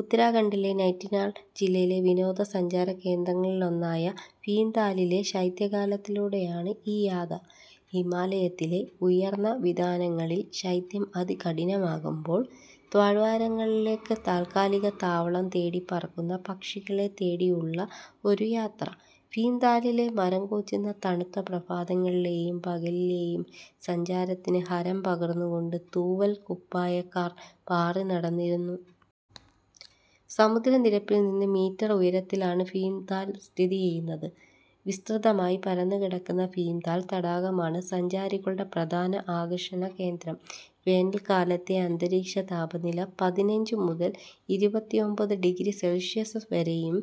ഉത്തരാഖണ്ഡിലെ നൈനിറ്റാള്‍ ജില്ലയിലെ വിനോദസഞ്ചാര കേന്ദ്രങ്ങളിലൊന്നായ ഭീംതാലിലെ ശൈത്യകാലത്തിലൂടെയാണ് ഈ യാത. ഹിമാലയത്തിലെ ഉയര്‍ന്ന വിതാനങ്ങളിൽ ശൈത്യം അതികഠിനമാകുമ്പോൾ താഴ്വാരങ്ങളിലേക്ക് താത്കാലിക താവളം തേടി പറക്കുന്ന പക്ഷികളെ തേടിയുള്ളാരു യാത്ര. ഭീംതാലിലെ മരം കോച്ചുന്ന തണുത്ത പ്രഭാതങ്ങളിലെയും പകലിലെയും സഞ്ചാരത്തിന് ഹരം പകര്‍ന്നുകൊണ്ട് തൂവല്‍ കുപ്പായക്കാർ പാറിനടന്നിരുന്നു. സമുദ്രനിരപ്പിൽ നിന്ന് മീറ്റര്‍ ഉയരത്തിലാണ് ഭീംതാല് സ്ഥിതി ചെയുന്നത്. വിസ്തൃതമായി പരന്നുകിടക്കുന്ന ഭീംതാൽ തടാകമാണ് സഞ്ചാരികളുടെ പ്രധാന ആകര്‍ഷണ കേന്ദ്രം. വേനല്‍ക്കാലത്തെ അന്തരീക്ഷ താപനില പതിനഞ്ചു മുതല്‍ ഇരുപത്തിഒമ്പത് ഡിഗ്രി സെൽഷിയസ് വരെയും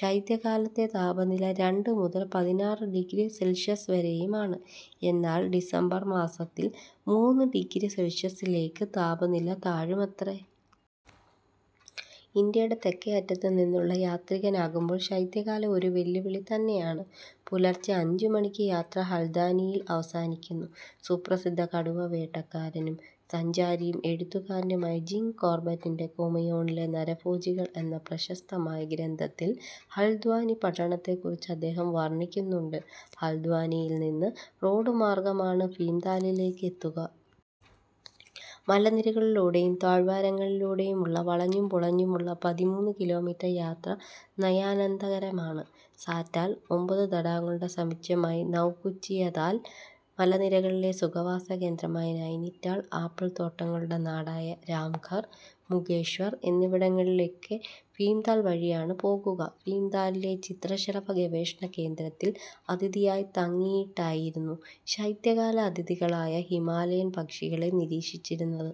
ശൈത്യകാലത്തെ താപനില രണ്ട് മുതൽ പതിനാറ് ഡിഗ്രി സെൽഷിയസ് വരെയുമാണ്. എന്നാല്‍ ഡിസംബര്‍ മാസത്തില്‍ മൂന്ന് ഡിഗ്രി സെൽഷിയസിലേക്ക് താപനില താഴുമത്രേ. ഇന്ത്യയുടെ തെക്കേയറ്റത്തുനിന്നുള്ള യാത്രികൻ ആകുമ്പോള്‍ ശൈത്യകാലം ഒരു വെല്ലുവിളി തന്നെയാണ്. പുലര്‍ച്ചെ അഞ്ചു മണിക്ക് യാത്ര ഹല്ദ്വാനിയില് അവസാനിക്കുന്നു. സുപ്രസിദ്ധ കടുവവേട്ടക്കാരനും സഞ്ചാരിയും എഴുത്തുകാരനുമായ ജിം കോർബെറ്റിന്റെ ' കുമയൂണിലെ നരഭോജികൾ ' എന്ന പ്രശസ്തമായ ഗ്രന്ഥത്തില്‍ ഹല്ദ്വാനി പട്ടണത്തെക്കുറിച്ച് അദ്ദേഹം വർണ്ണിക്കുന്നുണ്ട്. ഹല്ദ്വാനിയില്നിന്ന് റോഡുമാർഗമാണ് ഭീംതാലിലേക്ക് എത്തുക. മലനിരകളിലൂടെയും താഴ്വാരങ്ങളിലൂടെയുമുള്ള വളഞ്ഞും പുളഞ്ഞുമുള്ള പതിമൂന്ന് കിലോമീറ്റര്‍ യാത്ര നയനാനന്ദകരമാണ്. സാറ്റാള്, ഒമ്പതു തടാകങ്ങളുടെ സമുച്ചയമായ നൗകുച്ചിയതാല് മലനിരകളിലെ സുഖവാസകേന്ദ്രമായ നൈനിറ്റാള്‍, ആപ്പിള്‍ തോട്ടങ്ങളുടെ നാടായ രാംഘർ, മുകേശ്വർ എന്നിവിടങ്ങളിലേക്കൊക്കെ ഭീംതാല് വഴിയാണ് പോകുക. ഭീംതാലിലെ ചിത്രശലഭ ഗവേഷണകേന്ദ്രത്തിൽ അതിഥിയായി തങ്ങിയിട്ടായിരുന്നു ശൈത്യകാല അതിഥികളായ ഹിമാലയൻ പക്ഷികളെ നിരീക്ഷിച്ചിരുന്നത്.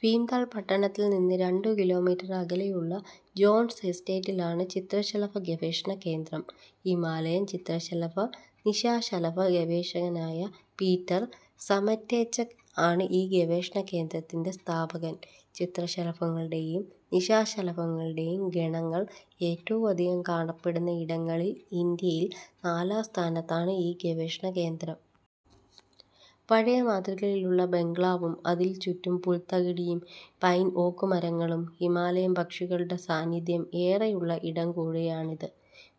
ഭീംതാൽ പട്ടണത്തില്നിന്ന് രണ്ടു കിലോമീറ്റര്‍ അകലെയുള്ള ജോണ്‍സ് എസ്റ്റേറ്റിലാണ് ചിത്രശലഭ ഗവേഷണകേന്ദ്രം. ഹിമാലയൻ ചിത്രശലഭ-നിശാശലഭ ഗവേഷകനായ പീറ്റര്‍ സമറ്റേച്ചെക് ആണ് ഈ ഗവേഷണ കേന്ദ്രത്തിന്‍റെ സ്ഥാപകൻ. ചിത്രശലഭങ്ങളുടെയും നിശാശലഭങ്ങളുടെയും ഗണങ്ങള്‍ ഏറ്റവും അധികം കാണപ്പെടുന്ന ഇടങ്ങളില്‍ ഇന്ത്യയില്‍ നാലാം സ്ഥാനത്താണ് ഈ ഗവേഷണ കേന്ദ്രം. പഴയ മാതൃകയിലുള്ള ബംഗ്ലാവും അതിനു ചുറ്റും പുൽത്തകിടിയും പൈൻ ഓക്ക് മരങ്ങളും ഹിമാലയന്‍ പക്ഷികളുടെ സാന്നിധ്യം ഏറെയുള്ള ഇടം കൂടിയാണിത്.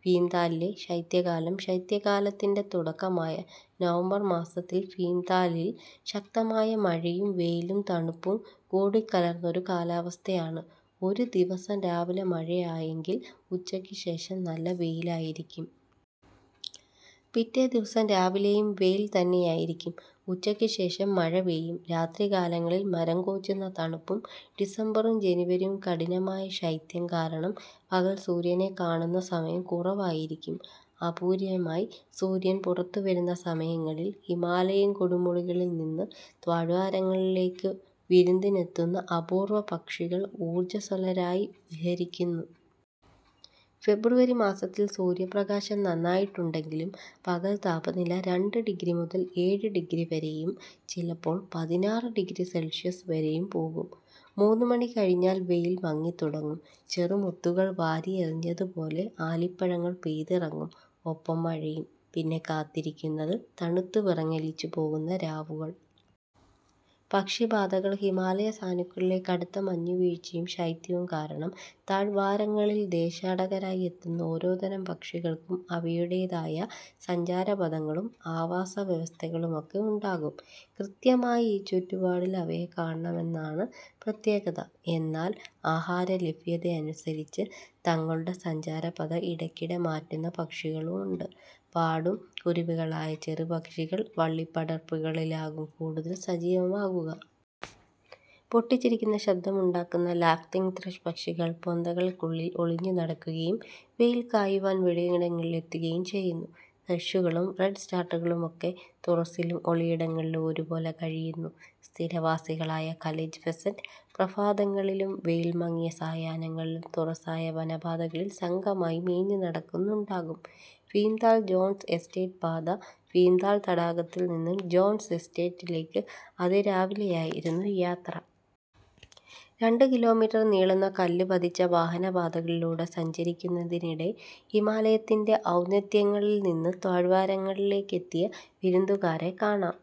ഭീംതാലിലെ ശൈത്യകാലം ശൈത്യകാലത്തിന്റെ തുടക്കമായ നവംബര്‍ മാസത്തില്‍ ഭീംതാലിൽ ശക്തമായ മഴയും വെയിലും തണുപ്പും കൂടിക്കലര്‍ന്നൊരു കാലാവസ്ഥയാണ്. ഒരു ദിവസം രാവിലെ മഴയായെങ്കില്‍ ഉച്ചയ്ക്കുശേഷം നല്ല വെയിലായിരിക്കും. പിറ്റേ ദിവസം രാവിലെയും വെയില്‍ തന്നെയായിരിക്കും. ഉച്ചയ്ക്കുശേഷം മഴപെയ്യും. രാത്രികാലങ്ങളിൽ മരം കോച്ചുന്ന തണുപ്പും. ഡിസംബറും ജനുവരിയും കഠിനമായ ശൈത്യം കാരണം പകല്‍ സൂര്യനെ കാണുന്ന സമയം കുറവായിരിക്കും. അപൂര്വമായി സൂര്യൻ പുറത്തുവരുന്ന സമയങ്ങളില്‍ ഹിമാലയന്‍ കൊടുമുടികളില്നിന്ന് താഴ്വാരങ്ങളിലേക്ക് വിരുന്നിനെത്തുന്ന അപൂര്‍വ പക്ഷികള്‍ ഊർജ സ്വലരായി വിഹരിക്കുന്നു. ഫെബ്രുവരി മാസത്തില്‍ സൂര്യപ്രകാശം നന്നായിട്ടുണ്ടെങ്കിലും പകല്‍ താപനില രണ്ട് ഡിഗ്രി മുതല്‍ ഏഴ് ഡിഗ്രി വരെയും ചിലപ്പോള്‍ പതിനാറ് ഡിഗ്രി സെൽഷിയസ് വരെയും പോകും. മൂന്നുമണി കഴിഞ്ഞാല്‍ വെയില്‍ മങ്ങിത്തുടങ്ങും. ചെറു മുത്തുകള്‍ വാരി എറിഞ്ഞതുപോലെ ആലിപ്പഴങ്ങള്‍ പെയ്തിറങ്ങും. ഒപ്പം മഴയും. പിന്നെ കാത്തിരിക്കുന്നത്, തണുത്തു വിറങ്ങലിച്ചു പോകുന്ന രാവുകള്‍. പക്ഷി പാതകള്‍ ഹിമാലയസാനുക്കളിലെ കടുത്ത മഞ്ഞുവീഴ്ചയും ശൈത്യവും കാരണം താഴ് വാരങ്ങളില്‍ ദേശാടകരായി എത്തുന്ന ഓരോ തരം പക്ഷികള്‍ക്കും അവയുടെതായ സഞ്ചാരപഥങ്ങളും ആവാസവ്യവസ്ഥകളുമൊക്കെ ഉണ്ടാകും. കൃത്യമായി ഈ ചുറ്റുപാടില്‍ അവയെ കാണാമെന്നതാണ് പ്രത്യേകത. എന്നാല്‍ ആഹാരലഭ്യതയനുസരിച്ച് തങ്ങളുടെ സഞ്ചാരപഥം ഇടയ്ക്കിടെ മാറ്റുന്ന പക്ഷികളുമുണ്ട്. പാടും കുരുവികളായ ചെറുപക്ഷികള് വള്ളിപ്പടർപ്പുകളിലാകും കൂടുതല്‍ സജീവമാകുക. പൊട്ടിച്ചിരിക്കുന്ന ശബ്ദമുണ്ടാക്കുന്ന ലാഫിങ്ത്രഷ് പക്ഷികള് പൊന്തകള്ക്കുള്ളില് ഒളിഞ്ഞു നടക്കുകയും വെയില് കായുവാന് വെളിയിടങ്ങളില് എത്തുകയും ചെയ്യുന്നു. ത്രഷുകളും റെഡ് സ്റ്റാർട്ടുമൊക്കെ തുറസ്സിലും ഒളിയിടങ്ങളിലും ഒരുപോലെ കഴിയുന്നു. സ്ഥിരവാസികളായ ഖലീജ് ഫെസന്റ് പ്രഭാതങ്ങളിലും വെയില്‍ മങ്ങിയ സായാഹ്നങ്ങളിലും തുറസ്സായ വനപാതകളിൽ സംഘമായി മേഞ്ഞുനടക്കുണ്ടാകും. ഭീംതാൽ ജോണ്‍സ് എസ്റ്റേറ്റ് പാത ഭീംതാൽ തടാകത്തില്‍ നിന്ന് ജോണ്‍സ് എസ്റ്റേറ്റിലേക്ക് അതിരാവിലെയായിരുന്നു യാത്ര. രണ്ടു കിലോമീറ്റര്‍ നീളുന്ന കല്ല് പതിച്ച വാഹനപാതയിലൂടെ സഞ്ചരിക്കുന്നതിനിടെ ഹിമാലയത്തിന്‍റെ ഔന്നത്യങ്ങളില്നിന്ന് താഴ്വാരങ്ങളിലേക്ക് എത്തിയ വിരുന്നുകാരെ കാണാം.